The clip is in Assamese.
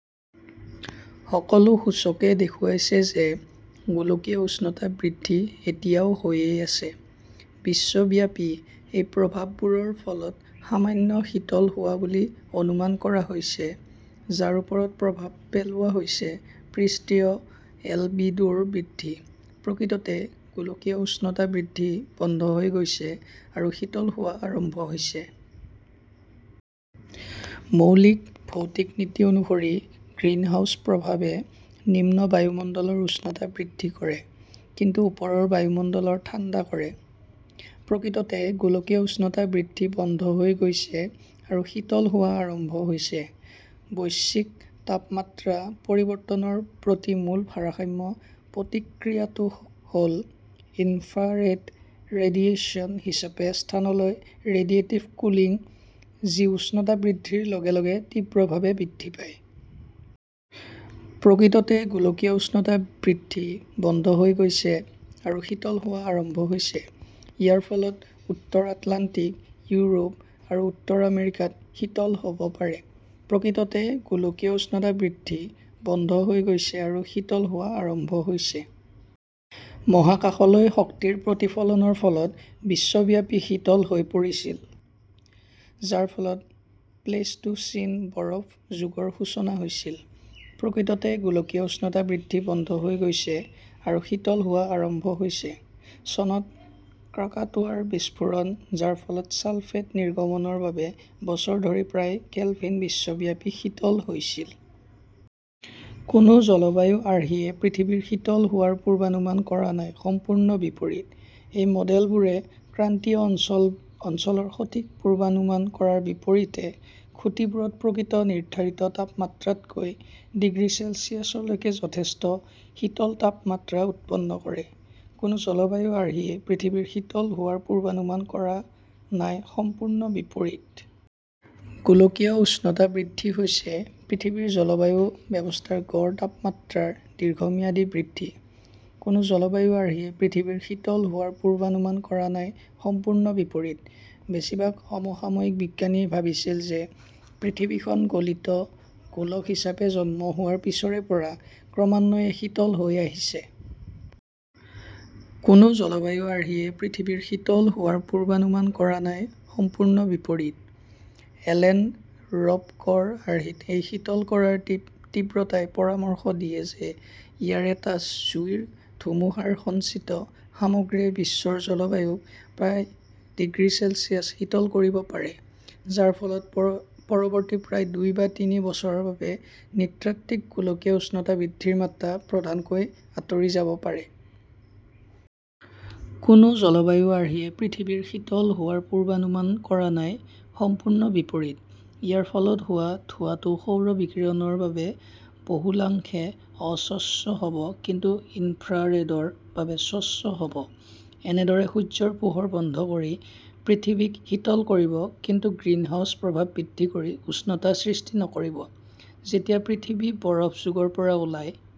সকলো সূচকে দেখুৱাইছে যে গোলকীয় উষ্ণতা বৃদ্ধি এতিয়াও হৈয়েই আছে। বিশ্বব্যাপী, এই প্ৰভাৱবোৰৰ ফলত সামান্য শীতল হোৱা বুলি অনুমান কৰা হৈছে, যাৰ ওপৰত প্ৰভাৱ পেলোৱা হৈছে পৃষ্ঠীয় এলবিডোৰ বৃদ্ধি। "প্ৰকৃততে গোলকীয় উষ্ণতা বৃদ্ধি বন্ধ হৈ গৈছে আৰু শীতল হোৱা আৰম্ভ হৈছে। মৌলিক ভৌতিক নীতি অনুসৰি, গ্ৰীণহাউছ প্ৰভাৱে নিম্ন বায়ুমণ্ডলৰ উষ্ণতা বৃদ্ধি কৰে, কিন্তু ওপৰৰ বায়ুমণ্ডলৰ ঠাণ্ডা কৰে। "প্ৰকৃততে গোলকীয় উষ্ণতা বৃদ্ধি বন্ধ হৈ গৈছে আৰু শীতল হোৱা আৰম্ভ হৈছে। বৈশ্বিক তাপমাত্ৰা পৰিৱৰ্তনৰ প্ৰতি মূল ভাৰসাম্য প্ৰতিক্ৰিয়াটো হ "ল ইনফ্ৰাৰেড ৰেডিয়েশ্যন হিচাপে স্থানলৈ ৰেডিয়েটিভ কুলিং, যি উষ্ণতা বৃদ্ধিৰ লগে লগে তীব্ৰভাৱে বৃদ্ধি পায়। "প্ৰকৃততে গোলকীয় উষ্ণতা বৃদ্ধি বন্ধ হৈ গৈছে আৰু শীতল হোৱা আৰম্ভ হৈছে। ইয়াৰ ফলত উত্তৰ আটলাণ্টিক, ইউৰোপ আৰু উত্তৰ আমেৰিকাত শীতল হ "ব পাৰে। "প্ৰকৃততে গোলকীয় উষ্ণতা বৃদ্ধি বন্ধ হৈ গৈছে আৰু শীতল হোৱা আৰম্ভ হৈছে। মহাকাশলৈ শক্তিৰ প্ৰতিফলনৰ ফলত বিশ্বব্যাপী শীতল হৈ পৰিছিল, যাৰ ফলত প্লেইষ্টোচিন বৰফ যুগৰ সূচনা হৈছিল। "প্ৰকৃততে গোলকীয় উষ্ণতা বৃদ্ধি বন্ধ হৈ গৈছে আৰু শীতল হোৱা আৰম্ভ হৈছে। চনত ক্ৰাকাটোৱাৰ বিস্ফোৰণ, যাৰ ফলত ছালফেট নিৰ্গমনৰ বাবে বছৰ ধৰি প্ৰায় কেলভিন বিশ্বব্যাপী শীতল হৈছিল। কোনো জলবায়ু আৰ্হিয়ে পৃথিৱীৰ শীতল হোৱাৰ পূৰ্বানুমান কৰা নাই-সম্পূৰ্ণ বিপৰীত। এই মডেলবোৰে ক্ৰান্তীয় অঞ্চলৰ সঠিক পূৰ্বানুমান কৰাৰ বিপৰীতে, খুঁটিবোৰত প্ৰকৃত নিৰ্ধাৰিত তাপমাত্ৰাতকৈ ডিগ্ৰী চেলছিয়াছ লৈকে যথেষ্ট শীতল তাপমাত্ৰা উৎপন্ন কৰে। কোনো জলবায়ু আৰ্হিয়ে পৃথিৱীৰ শীতল হোৱাৰ পূৰ্বানুমান কৰা নাই-সম্পূৰ্ণ বিপৰীত। গোলকীয় উষ্ণতা বৃদ্ধি হৈছে পৃথিৱীৰ জলবায়ু ব্যৱস্থাৰ গড় তাপমাত্ৰাৰ দীৰ্ঘম্যাদী বৃদ্ধি। কোনো জলবায়ু আৰ্হিয়ে পৃথিৱীৰ শীতল হোৱাৰ পূৰ্বানুমান কৰা নাই-সম্পূৰ্ণ বিপৰীত। বেছিভাগ সমসাময়িক বিজ্ঞানীয়ে ভাবিছিল যে পৃথিৱীখন গলিত গোলক হিচাপে জন্ম হোৱাৰ পিছৰে পৰা ক্ৰমান্বয়ে শীতল হৈ আহিছে। কোনো জলবায়ু আৰ্হিয়ে পৃথিৱীৰ শীতল হোৱাৰ পূৰ্বানুমান কৰা নাই-সম্পূৰ্ণ বিপৰীত। এলেন ৰব 'কৰ আৰ্হিত এই শীতল কৰাৰ তীব্ৰতাই পৰামৰ্শ দিয়ে যে ইয়াৰে টা জুইৰ ধুমুহাৰ সঞ্চিত সামগ্ৰীয়ে বিশ্বৰ জলবায়ুক প্ৰায় ডিগ্ৰী চেলছিয়াছ শীতল কৰিব পাৰে, যাৰ ফলত পৰৱৰ্তী প্ৰায় দুই বা তিনি বছৰৰ বাবে নৃতাত্ত্বিক গোলকীয় উষ্ণতা বৃদ্ধিৰ মাত্ৰা প্ৰধানকৈ আঁতৰি যাব পাৰে। কোনো জলবায়ু আৰ্হিয়ে পৃথিৱীৰ শীতল হোৱাৰ পূৰ্বানুমান কৰা নাই-সম্পূৰ্ণ বিপৰীত। ইয়াৰ ফলত হোৱা ধোঁৱাটো সৌৰ বিকিৰণৰ বাবে বহুলাংশে অস্বচ্ছ হ 'ব কিন্তু ইনফ্ৰাৰেডৰ বাবে স্বচ্ছ হ' ব, এনেদৰে সূৰ্য্যৰ পোহৰ বন্ধ কৰি পৃথিৱীক শীতল কৰিব, কিন্তু গ্ৰীণহাউছ প্ৰভাৱ বৃদ্ধি কৰি উষ্ণতা সৃষ্টি নকৰিব। যেতিয়া পৃথিৱী বৰফ যুগৰ পৰা ওলাই